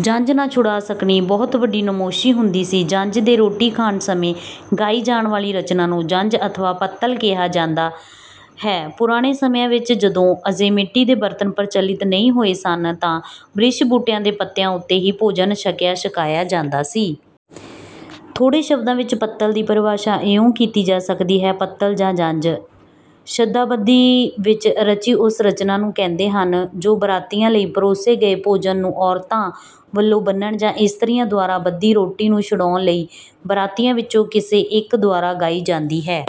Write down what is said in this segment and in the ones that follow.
ਜੰਞ ਨਾ ਛੁਡਾ ਸਕਣੀ ਬਹੁਤ ਵੱਡੀ ਨਮੋਸ਼ੀ ਹੁੰਦੀ ਸੀ। ਜੰਞ ਦੇ ਰੋਟੀ ਖਾਣ ਸਮੇਂ ਗਾਈ ਜਾਣ ਵਾਲੀ ਰਚਨਾ ਨੂੰ ‘ਜੰਞ’ ਅਥਵਾ ‘ਪੱਤਲ’ ਕਿਹਾ ਜਾਂਦਾ ਹੈ। ਪੁਰਾਣੇ ਸਮਿਆਂ ਵਿੱਚ, ਜਦੋਂ ਅਜੇ ਮਿੱਟੀ ਦੇ ਬਰਤਨ ਪ੍ਰਚਲਿਤ ਨਹੀਂ ਹੋਏ ਸਨ, ਤਾਂ ਬ੍ਰਿਛ-ਬੂਟਿਆਂ ਦੇ ਪੱਤਿਆਂ ਉੱਤੇ ਹੀ ਭੋਜਨ ਛਕਿਆ-ਛਕਾਇਆ ਜਾਂਦਾ ਸੀ। ਥੋੜ੍ਹੇ ਸ਼ਬਦਾਂ ਵਿੱਚ ਪੱਤਲ ਦੀ ਪਰਿਭਾਸ਼ਾ ਇਉਂ ਕੀਤੀ ਜਾ ਸਕਦੀ ਹੈ: “ਪੱਤਲ ਜਾਂ ਜੰਞ, ਛੰਦਾਬੰਦੀ ਵਿੱਚ ਰਚੀ ਉਸ ਰਚਨਾ ਨੂੰ ਕਹਿੰਦੇ ਹਨ, ਜੋ ਬਰਾਤੀਆਂ ਲਈ ਪਰੋਸੇ ਗਏ ਭੋਜਨ ਨੂੰ ਔਰਤਾਂ ਵੱਲੋਂ ਬੰਨ੍ਹਣ ਜਾਂ ਇਸਤਰੀਆਂ ਦੁਆਰਾ ਬੱਧੀ ਰੋਟੀ ਨੂੰ ਛੁਡਾਉਣ ਲਈ ਬਰਾਤੀਆਂ ਵਿੱਚੋਂ ਕਿਸੇ ਇੱਕ ਦੁਆਰਾ ਗਾਈ ਜਾਂਦੀ ਹੈ।”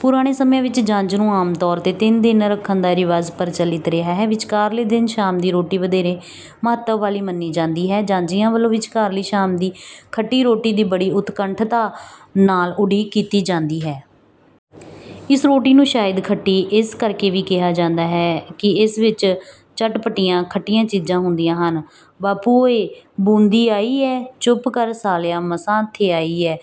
ਪੁਰਾਣੇ ਸਮਿਆਂ ਵਿੱਚ ਜੰਞ ਨੂੰ ਆਮ ਤੌਰ ’ਤੇ ਤਿੰਨ ਦਿਨ ਰੱਖਣ ਦਾ ਰਿਵਾਜ ਪ੍ਰਚਲਿਤ ਰਿਹਾ ਹੈ। ਵਿਚਕਾਰਲੇ ਦਿਨ ਸ਼ਾਮ ਦੀ ਰੋਟੀ ਵਧੇਰੇ ਮਹੱਤਵ ਵਾਲੀ ਮੰਨੀ ਜਾਂਦੀ ਹੈ। ਜਾਂਞੀਆਂ ਵੱਲੋਂ ਵਿਚਕਾਰਲੀ ਸ਼ਾਮ ਦੀ ‘ਖੱਟੀ ਰੋਟੀ’ ਦੀ ਬੜੀ ਉਤਕੰਠਤਾ ਨਾਲ ਉਡੀਕ ਕੀਤੀ ਜਾਂਦੀ ਹੈ। ਇਸ ਰੋਟੀ ਨੂੰ ਸ਼ਾਇਦ ‘ਖੱਟੀ’ ਇਸ ਕਰਕੇ ਵੀ ਕਿਹਾ ਜਾਂਦਾ ਹੈ ਕਿ ਇਸ ਵਿੱਚ ਚਟ-ਪੱਟੀਆਂ ਖੱਟੀਆਂ ਚੀਜ਼ਾਂ ਹੁੰਦੀਆਂ ਹਨ: “ਬਾਪੂ ਓਏ! ਬੂੰਦੀ ਆਈ ਐ, ਚੁੱਪ ਕਰ ਸਾਲਿਆ, ਮਸਾਂ ਥਿਆਈ ਐ।”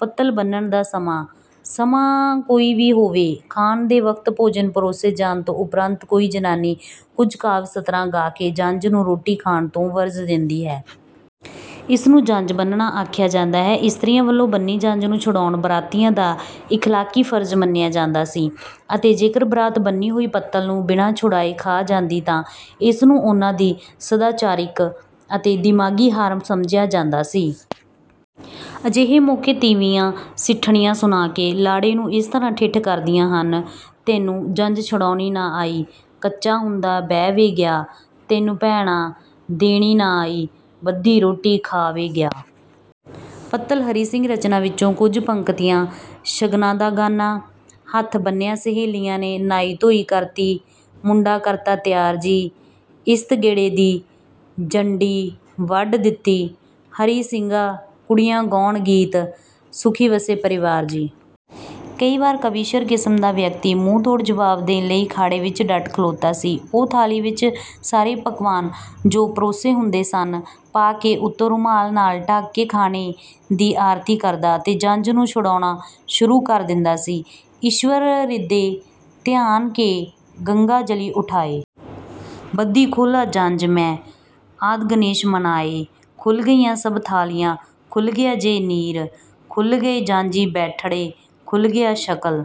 ਪੱਤਲ ਬੰਨ੍ਹਣ ਦਾ ਸਮਾਂ: ਸਮਾਂ ਕੋਈ ਵੀ ਹੋਵੇ, ਖਾਣ ਦੇ ਵਕਤ ਭੋਜਨ ਪਰੋਸੇ ਜਾਣ ਤੋਂ ਉਪਰੰਤ ਕੋਈ ਜ਼ਨਾਨੀ ਕੁਝ ਕਾਵਿ-ਸਤਰਾਂ ਗਾ ਕੇ ਜੰਞ ਨੂੰ ਰੋਟੀ ਖਾਣ ਤੋਂ ਵਰਜ ਦਿੰਦੀ ਹੈ। ਇਸ ਨੂੰ ‘ਜੰਞ ਬੰਨ੍ਹਣਾ’ ਆਖਿਆ ਜਾਂਦਾ ਹੈ। ਇਸਤਰੀਆਂ ਵੱਲੋਂ ਬੰਨ੍ਹੀ ਜੰਞ ਨੂੰ ਛੁਡਾਉਣਾ ਬਰਾਤੀਆਂ ਦਾ ਇਖਲਾਕੀ ਫ਼ਰਜ਼ ਮੰਨਿਆ ਜਾਂਦਾ ਸੀ ਅਤੇ ਜੇਕਰ ਬਰਾਤ ਬੰਨ੍ਹੀ ਹੋਈ ਪੱਤਲ ਨੂੰ ਬਿਨਾਂ ਛੁਡਾਏ ਖਾ ਜਾਂਦੀ ਤਾਂ ਇਸ ਨੂੰ ਉਨ੍ਹਾਂ ਦੀ ਸਦਾਚਾਰਿਕ ਅਤੇ ਦਿਮਾਗੀ ਹਾਰ ਸਮਝਿਆ ਜਾਂਦਾ ਸੀ। ਅਜਿਹੇ ਮੌਕੇ ਤੀਵੀਆਂ ਸਿੱਠਣੀਆਂ ਸੁਣਾ ਕੇ ਲਾੜੇ ਨੂੰ ਇਸ ਤਰ੍ਹਾਂ ਠਿੱਠ ਕਰਦੀਆਂ ਹਨ: “ਤੈਨੂੰ ਜੰਞ ਛੁਡਾਉਣੀ ਨਾ ਆਈ, ਕੱਚਾ ਹੁੰਦਾ ਬਹਿ ਵੇ ਗਿਆ। ਤੈਨੂੰ ਭੈਣਾਂ ਦੇਣੀ ਨਾ ਆਈ, ਬੱਧੀ ਰੋਟੀ ਖਾ ਵੇ ਗਿਆ।” ਪੱਤਲ ਹਰੀ ਸਿੰਘ ਰਚਨਾ ਵਿੱਚੋਂ ਕੁਝ ਪੰਕਤੀਆਂ ਸ਼ਗਨਾਂ ਦਾ ਗਾਨਾ ਹੱਥ ਬੰਨ੍ਹਿਆਂ ਸ਼ਹੇਲੀਆਂ ਨੇ। ਨਾਈਂ ਧੋਈ ਕਰਤੀ, ਮੁੰਡਾ ਕਰਤਾ ਤਿਆਰ ਜੀ। ਇਸਤ ਗੇੜੇ ਦੇ ਜੰਡੀ ਵੱਢ ਦਿੱਤੀ ਹਰੀ ਸਿੰਘਾ ਕੁੜੀਆਂ ਗਾਉਣ ਗੀਤ। ਸੁਖੀ ਵਸੇ ਪਰਿਵਾਰ ਜੀ। ਕਈ ਵਾਰ ਕਵੀਸ਼ਰ ਕਿਸਮ ਦਾ ਵਿਅਕਤੀ ਮੂੰਹ-ਤੋੜ ਜਵਾਬ ਦੇਣ ਲਈ ਖਾੜੇ ਵਿੱਚ ਡਟ ਖਲੋਤਾ ਸੀ। ਔਹ ਥਾਲੀ ਵਿੱਚ ਸਾਰੇ ਪਕਵਾਨ ਜੋ ਪਰੋਸੇ ਹੁੰਦੇ ਸਨ ।ਪਾ ਕੇ ਉੱਤੋਂ ਰੁਮਾਲ ਨਾਲ ਢੱਕ ਕੇ ਖਾਣੇ ਦੀ ਆਰਤੀ ਕਰਦਾ ਅਤੇ ਜੰਞ ਨੂੰ ਛੁਡਾਉਣਾ ਸ਼ੁਰੂ ਕਰ ਦਿੰਦਾ ਸੀ ਈਸ਼ਵਰ ਰਿਦੇ ਧਿਆਨ ਕੇ ਗੰਗਾ ਜਲੀ ਉਠਾਏ। ਬੱਧੀ ਖੋਲਾਂ ਜੰਞ ਮੈਂ, ਆਦਿ ਗਣੇਸ਼ ਮਨਾਏ। ਖੁੱਲ੍ਹ ਗਈਆਂ ਸਭ ਥਾਲੀਆਂ, ਖੁੱਲ੍ਹ ਗਿਆ ਜੇ ਨੀਰ। ਖੁੱਲ੍ਹ ਗਏ ਜਾਂਞੀ ਬੈਠੜੇ, ਖੁੱਲ੍ਹ ਗਿਆ ਸ਼ਕਲ...”